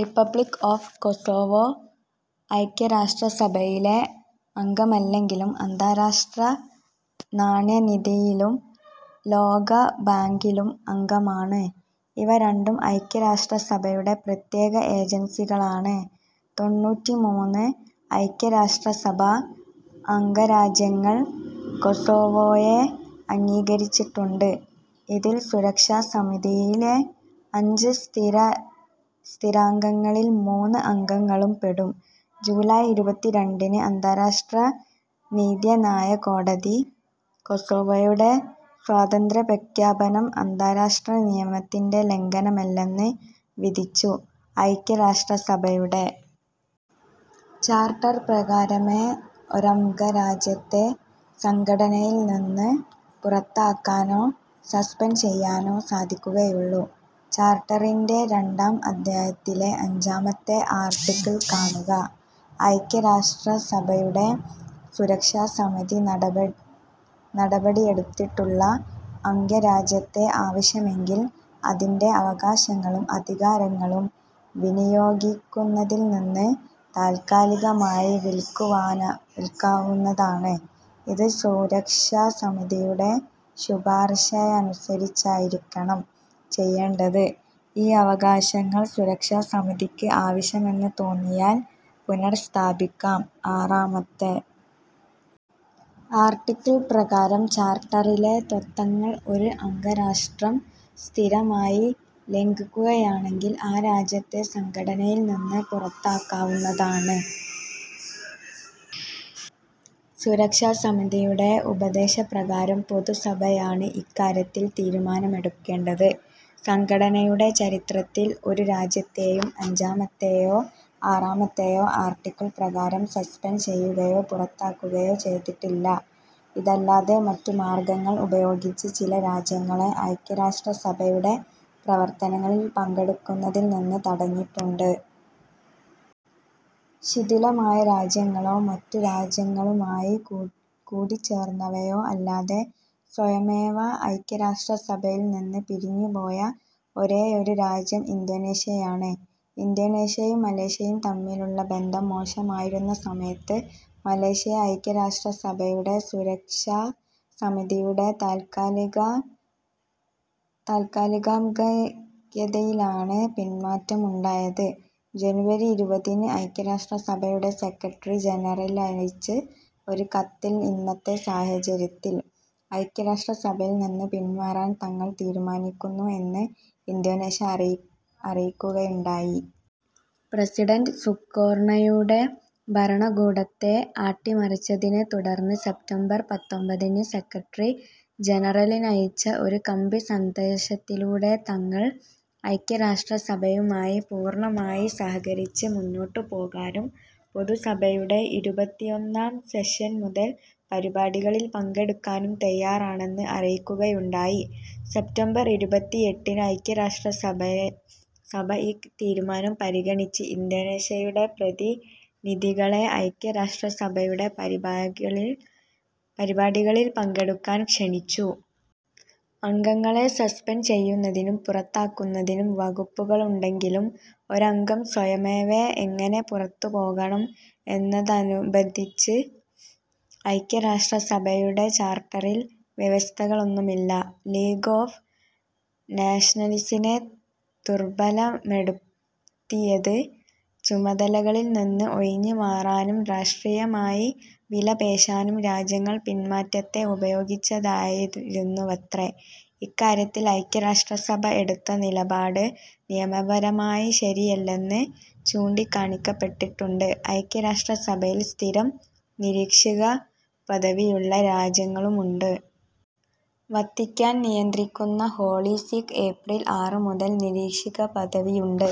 Republic of Kosovo ഐക്യരാഷ്ട്രസഭയിലെ അംഗമല്ലെങ്കിലും അന്താരാഷ്ട്ര നാണ്യനിധിയിലും ലോകബാങ്കിലും അംഗമാണ്. ഇവ രണ്ടും ഐക്യരാഷ്ട്രസഭയുടെ പ്രത്യേക ഏജൻസികളാണ്. തൊണ്ണൂറ്റിമൂന്ന് ഐക്യരാഷ്ട്രസഭാ അംഗരാജ്യങ്ങൾ കൊസോവോയെ അംഗീകരിച്ചിട്ടുണ്ട്. ഇതിൽ സുരക്ഷാസമിതിയിലെ അഞ്ച് സ്ഥിരാംഗങ്ങളിൽ മൂന്ന് അംഗങ്ങളും പെടും. ജൂലൈ ഇരുപത്തിരണ്ടിന് അന്താരാഷ്ട്ര നീതിന്യായകോടതി കൊസോവോയുടെ സ്വാതന്ത്ര്യപ്രഖ്യാപനം അന്താരാഷ്ട്ര നിയമത്തിൻറെ ലംഘനമല്ലെന്ന് വിധിച്ചു. ഐക്യരാഷ്ട്രസഭയുടെ ചാർട്ടർ പ്രകാരമേ ഒരംഗരാജ്യത്തെ സംഘടനയിൽനിന്ന് പുറത്താക്കാനോ സസ്പെൻഡ് ചെയ്യാനോ സാധിക്കുകയുള്ളൂ. ചാർട്ടറിൻറെ രണ്ടാം അധ്യായത്തിലെ അഞ്ചാമത്തെ ആർട്ടിക്കിൾ കാണുക. ഐക്യരാഷ്ട്രസഭയുടെ സുരക്ഷാസമിതി നടപടിയെടുത്തിട്ടുള്ള അംഗരാജ്യത്തെ ആവശ്യമെങ്കിൽ അതിൻറെ അവകാശങ്ങളും അധികാരങ്ങളും വിനിയോഗിക്കുന്നതിൽനിന്ന് താൽക്കാലികമായി വിൽക്കു വിലക്കാവുന്നതാണ്. ഇത് സുരക്ഷാസമിതിയുടെ ശുപാർശയനുസരിച്ചായിരിക്കണം ചെയ്യേണ്ടത്. ഈ അവകാശങ്ങൾ സുരക്ഷാസമിതിക്ക് ആവശ്യമെന്ന് തോന്നിയാൽ പുനഃസ്ഥാപിക്കാം. ആറാമത്തെ ആർട്ടിക്കിൾ പ്രകാരം ചാർട്ടറിലെ തത്ത്വങ്ങൾ ഒരു അംഗരാഷ്ട്രം സ്ഥിരമായി ലംഘിക്കുകയാണെങ്കിൽ ആ രാജ്യത്തെ സംഘടനയിൽനിന്ന് പുറത്താക്കാവുന്നതാണ്. സുരക്ഷാസമിതിയുടെ ഉപദേശപ്രകാരം പൊതുസഭയാണ് ഇക്കാര്യത്തിൽ തീരുമാനമെടുക്കേണ്ടത്. സംഘടനയുടെ ചരിത്രത്തിൽ ഒരു രാജ്യത്തെയും അഞ്ചാമത്തെയോ ആറാമത്തെയോ ആർട്ടിക്കിൾ പ്രകാരം സസ്പെൻഡ് ചെയ്യുകയോ പുറത്താക്കുകയോ ചെയ്തിട്ടില്ല. ഇതല്ലാതെ മറ്റു മാർഗങ്ങൾ ഉപയോഗിച്ച് ചില രാജ്യങ്ങളെ ഐക്യരാഷ്ട്രസഭയുടെ പ്രവർത്തനങ്ങളിൽ പങ്കെടുക്കുന്നതിൽനിന്ന് തടഞ്ഞിട്ടുണ്ട്. ശിഥിലമായ രാജ്യങ്ങളോ മറ്റു രാജ്യങ്ങളുമായി കൂടിച്ചേർന്നവയോ അല്ലാതെ സ്വയമേവ ഐക്യരാഷ്ട്രസഭയിൽനിന്ന് പിരിഞ്ഞുപോയ ഒരേയൊരു രാജ്യം ഇന്തോനേഷ്യയാണ്. ഇന്തോനേഷ്യയും മലേഷ്യയും തമ്മിലുള്ള ബന്ധം മോശമായിരുന്ന സമയത്ത് മലേഷ്യയെ ഐക്യരാഷ്ട്രസഭയുടെ സുരക്ഷാസമിതിയുടെ താൽക്കാലികാംഗമാക്കിയതിനാലാണ് പിന്മാറ്റം ഉണ്ടായത്. ജനുവരി ഇരുപതിന് ഐക്യരാഷ്ട്രസഭയുടെ സെക്രട്ടറി ജനറലിനയച്ച ഒരു കത്തിൽ ഇന്നത്തെ സാഹചര്യത്തിൽ ഐക്യരാഷ്ട്രസഭയിൽനിന്ന് പിന്മാറാൻ തങ്ങൾ തീരുമാനിക്കുന്നു എന്ന് ഇന്തോനേഷ്യ അറിയിക്കുകയുണ്ടായി. പ്രസിഡന്റ് സുകാർണോയുടെ ഭരണകൂടത്തെ അട്ടിമറിച്ചതിനെത്തുടർന്ന് സെപ്റ്റംബർ പത്തൊൻപതിന് സെക്രട്ടറി ജനറലിനയച്ച ഒരു കമ്പിസന്ദേശത്തിലൂടെ തങ്ങൾ ഐക്യരാഷ്ട്രസഭയുമായി പൂർണ്ണമായി സഹകരിച്ച് മുന്നോട്ടുപോകാനും പൊതുസഭയുടെ ഇരുപത്തിയൊന്നാം സെഷൻ മുതൽ പരിപാടികളിൽ പങ്കെടുക്കാനും തയ്യാറാണെന്ന് അറിയിക്കുകയുണ്ടായി. സെപ്റ്റംബർ ഇരുപത്തിയെട്ടിന് ഐക്യരാഷ്ട്രസഭ ഈ തീരുമാനം പരിഗണിച്ച് ഇന്തോനേഷ്യയുടെ പ്രതിനിധികളെ ഐക്യരാഷ്ട്രസഭയുടെ പരിപാടികളിൽ പങ്കെടുക്കാൻ ക്ഷണിച്ചു. അംഗങ്ങളെ സസ്പെൻഡ് ചെയ്യുന്നതിനും പുറത്താക്കുന്നതിനും വകുപ്പുകളുണ്ടെങ്കിലും ഒരംഗം സ്വയമേവ എങ്ങനെ പുറത്തുപോകണം എന്നതുസംബന്ധിച്ച് ഐക്യരാഷ്ട്രസഭയുടെ ചാർട്ടറിൽ വ്യവസ്ഥകളൊന്നുമില്ല. ലീഗ് ഓഫ് നേഷൻസിനെ ദുർബലപ്പെടുത്തിയത് ചുമതലകളിൽനിന്ന് ഒഴിഞ്ഞുമാറാനും രാഷ്ട്രീയമായി വിലപേശാനും രാജ്യങ്ങൾ പിന്മാറ്റത്തെ ഉപയോഗിച്ചതായിരുന്നുവത്രേ. ഇക്കാര്യത്തിൽ ഐക്യരാഷ്ട്രസഭ എടുത്ത നിലപാട് നിയമപരമായി ശരിയല്ലെന്ന് ചൂണ്ടിക്കാണിക്കപ്പെട്ടിട്ടുണ്ട്. ഐക്യരാഷ്ട്രസഭയിൽ സ്ഥിരം നിരീക്ഷകപദവിയുള്ള രാജ്യങ്ങളുമുണ്ട്. വത്തിക്കാൻ നിയന്ത്രിക്കുന്ന ഹോളി സീക്ക് ഏപ്രിൽ ആറുമുതൽ നിരീക്ഷകപദവിയുണ്ട്.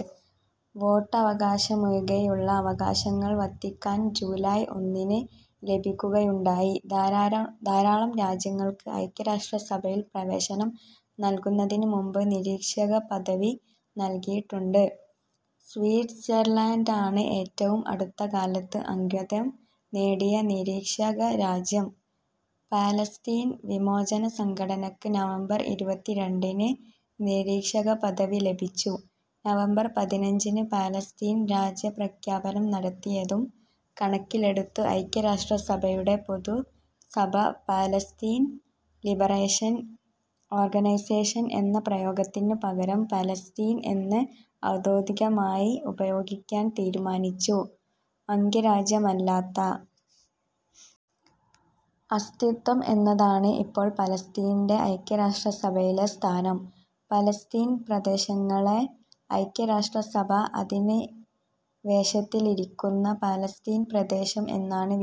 വോട്ടവകാശമൊഴികെയുള്ള അവകാശങ്ങൾ വത്തിക്കാന് ജൂലൈ ഒന്നിന് ലഭിക്കുകയുണ്ടായി. ധാരാളം രാജ്യങ്ങൾക്ക് ഐക്യരാഷ്ട്രസഭയിൽ പ്രവേശനം നൽകുന്നതിനുമുൻപ് നിരീക്ഷകപദവി നൽകിയിട്ടുണ്ട്. സ്വിറ്റ്സർലാൻഡാണ് ഏറ്റവും അടുത്തകാലത്ത് അംഗത്വം നേടിയ നിരീക്ഷകരാജ്യം. പാലസ്തീൻ വിമോചനസംഘടനയ്ക്ക് നവംബർ ഇരുപത്തിരണ്ടിന് നിരീക്ഷകപദവി ലഭിച്ചു. നവംബർ പതിനഞ്ചിന് പാലസ്തീൻ രാജ്യപ്രഖ്യാപനം നടത്തിയതു കണക്കിലെടുത്ത് ഐക്യരാഷ്ട്രസഭയുടെ പൊതുസഭ പാലസ്തീൻ ലിബറേഷൻ ഓർഗനൈസേഷൻ എന്ന പ്രയോഗത്തിനു പകരം പാലസ്തീൻ എന്ന് ഔദ്യോഗികമായി ഉപയോഗിക്കാൻ തീരുമാനിച്ചു. അംഗരാജ്യമല്ലാത്ത അസ്തിത്വം എന്നതാണ് ഇപ്പോൾ പാലസ്തീൻറെ ഐക്യരാഷ്ട്രസഭയിലെ സ്ഥാനം. പാലസ്തീൻ പ്രദേശങ്ങളെ ഐക്യരാഷ്ട്രസഭ അധിനിവേശത്തിലിരിക്കുന്ന പാലസ്തീൻ പ്രദേശം എന്നാണ്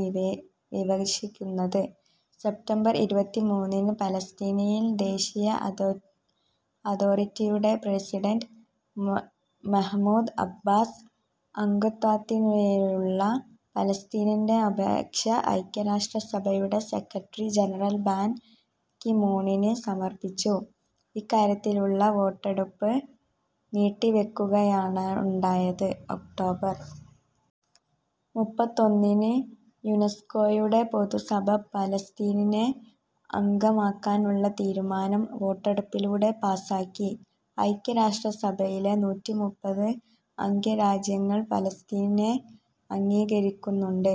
വിവക്ഷിക്കുന്നത്. സെപ്റ്റംബർ ഇരുപത്തിമൂന്നിന് പാലസ്തീനിയൻ ദേശീയ അതോറിറ്റിയുടെ പ്രസിഡന്റ് മെഹമൂദ് അബ്ബാസ് അംഗത്വത്തിനായുള്ള പാലസ്തീൻറെ അപേക്ഷ ഐക്യരാഷ്ട്രസഭയുടെ സെക്രട്ടറി ജനറൽ ബാൻ കി മൂണിന് സമർപ്പിച്ചു. ഇക്കാര്യത്തിലുള്ള വോട്ടെടുപ്പ് നീട്ടിവയ്ക്കുകയാണുണ്ടായത്. ഒക്ടോബർ മുപ്പത്തൊന്നിന് യുനെസ്കോയുടെ പൊതുസഭ പാലസ്തീനെ അംഗമാക്കാനുള്ള തീരുമാനം വോട്ടെടുപ്പിലൂടെ പാസാക്കി. ഐക്യരാഷ്ട്രസഭയിലെ നൂറ്റിമുപ്പത് അംഗരാജ്യങ്ങൾ പാലസ്തീനെ അംഗീകരിക്കുന്നുണ്ട്.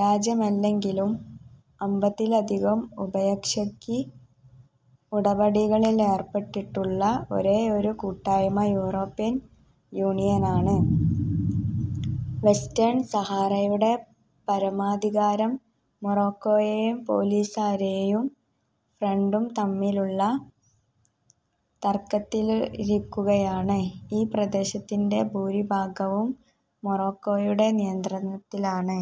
രാജ്യമല്ലെങ്കിലും അമ്പതിലധികം ഉഭയകക്ഷി ഉടമ്പടികളിലേർപ്പെട്ടിട്ടുള്ള ഒരേയൊരു കൂട്ടായ്മ യൂറോപ്യൻ യൂണിയനാണ്. വെസ്റ്റേൺ സഹാറയുടെ പരമാധികാരം മൊറോക്കോയും പോലിസാരിയോ ഫ്രണ്ടും തമ്മിൽ തർക്കത്തിലിരിക്കുകയാണ്. ഈ പ്രദേശത്തിൻറെ ഭൂരിഭാഗവും മൊറോക്കോയുടെ നിയന്ത്രണത്തിലാണ്.